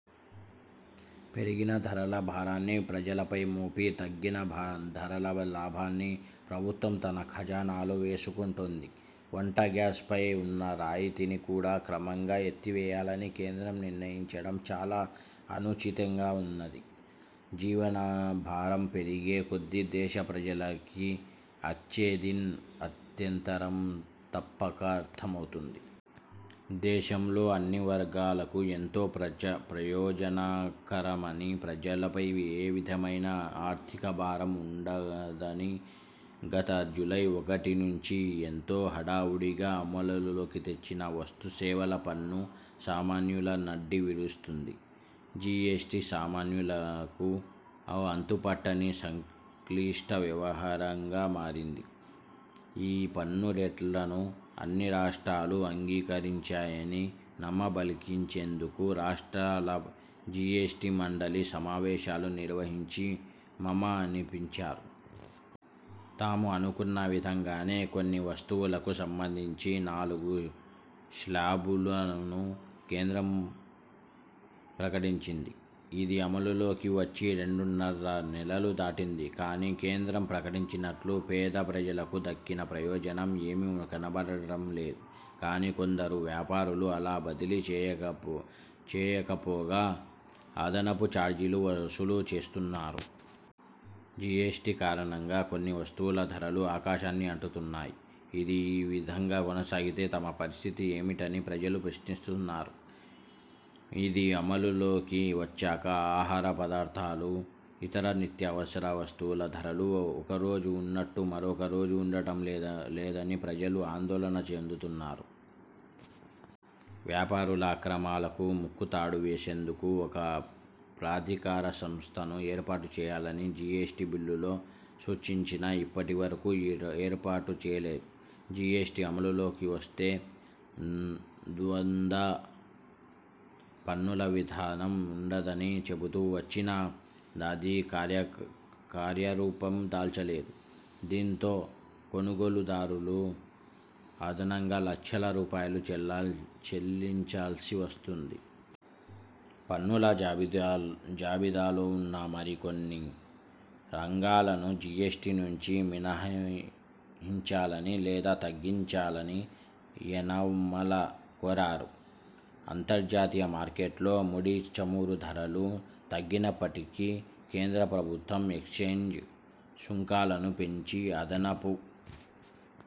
పెరిగిన ధరల భారాన్ని ప్రజలపై మోపి తగ్గిన ధరల లాభాన్ని ప్రభుత్వం తన ఖజానాలో వేసుకొంటోంది. వంట గ్యాస్ పై ఉన్న రాయితీని కూడా క్రమంగా ఎత్తివేయాలని కేంద్రం నిర్ణయించడం చాలా అనుచితంగా వున్నది. జీవన భారం పెరిగే కొద్ది దేశ ప్రజలకి అచ్ఛేదిన్ ఆంతర్యం తప్పక అర్థమవుతుంది. దేశంలో అన్ని వర్గాలకు ఎంతో ప్రయోజనకరమని ప్రజలపై ఏ విధమైన ఆర్థికభారం ఉండదని గత జులై ఒకటి నుంచి ఎంతో హడావుడిగా అమలులోకి తెచ్చిన వస్తు సేవల పన్ను సామాన్యుల నడ్డి విరుస్తోంది. జీఎస్టీ సామాన్యులకు అంతుపట్టని సంక్లిష్ట వ్యవహారంగా మారింది. ఈ పన్నురేట్లను అన్ని రాష్ట్రాలు అంగీకరించాయని నమ్మబలికించేందుకు రాష్ట్రాల జీఎస్టీమండలి సమావేశాలు నిర్వహించి మమ అనిపించా. తాము అనుకున్న విధంగానే కొన్ని వస్తువులకు సంబంధించి నాలుగు శ్లాబులను కేంద్రం ప్రకటించింది. ఇది అమలులోకి వచ్చి రెండున్నర నెలలు దాటింది. కానీ కేంద్రం ప్రకటించినట్లు పేద ప్రజలకు దక్కిన ప్రయోజనం ఏమి కనపడటంలేదు. కానీ కొందరు వ్యాపారులు అలా బదిలీ చేయకపోగా అదనపు చార్జీలు వసూలు చేస్తున్నారు. జీఎస్టీ కారణంగా కొన్ని వస్తువుల ధరలు ఆకాశాన్ని అంటుతున్నాయి. ఇది ఈ విధంగా కొనసాగితే తమ పరిస్థితి ఏమిటని ప్రజలు ప్రశ్నిస్తున్నారు. ఇది అమలులోకి వచ్చాక ఆహార పదార్థాలు, ఇతర నిత్యావసర వస్తువుల ధరలు ఒకరోజు ఉన్నట్టు మరొక రోజు ఉండటం లేదని ప్రజలు ఆందోళన చెందుతున్నారు. వ్యాపారుల అక్రమాలకు ముక్కుతాడు వేసేందుకు ఒక ప్రాధికార సంస్థను ఏర్పాటు చేయాలని జీఎస్టీ బిల్లులో సూచించినా ఇప్పటివరకు ఏర్పాటు చేయలేదు. జీఎస్టీ అమలులోకి వస్తే ద్వంద్వ పన్నుల విధానం ఉండదని చెబుతూ వచ్చినా అది కార్యరూపం దాల్చలేదు. దీంతో కొనుగోలుదారులు అదనంగా లక్షల రూపాయలు చెల్లించాల్సి వస్తుంది. పన్నుల జాబితాలో ఉన్న మరి కొన్ని రంగాలను జీఎస్టీ నుంచి మినహాయించాలని లేదా తగ్గించాలని యనమల కోరారు. అంతర్జాతీయ మార్కెట్లో ముడి చమురు ధరలు తగ్గినప్పటికీ కేంద్ర ప్రభుత్వం ఎక్సైజ్ సుంకాలను పెంచి అదనపు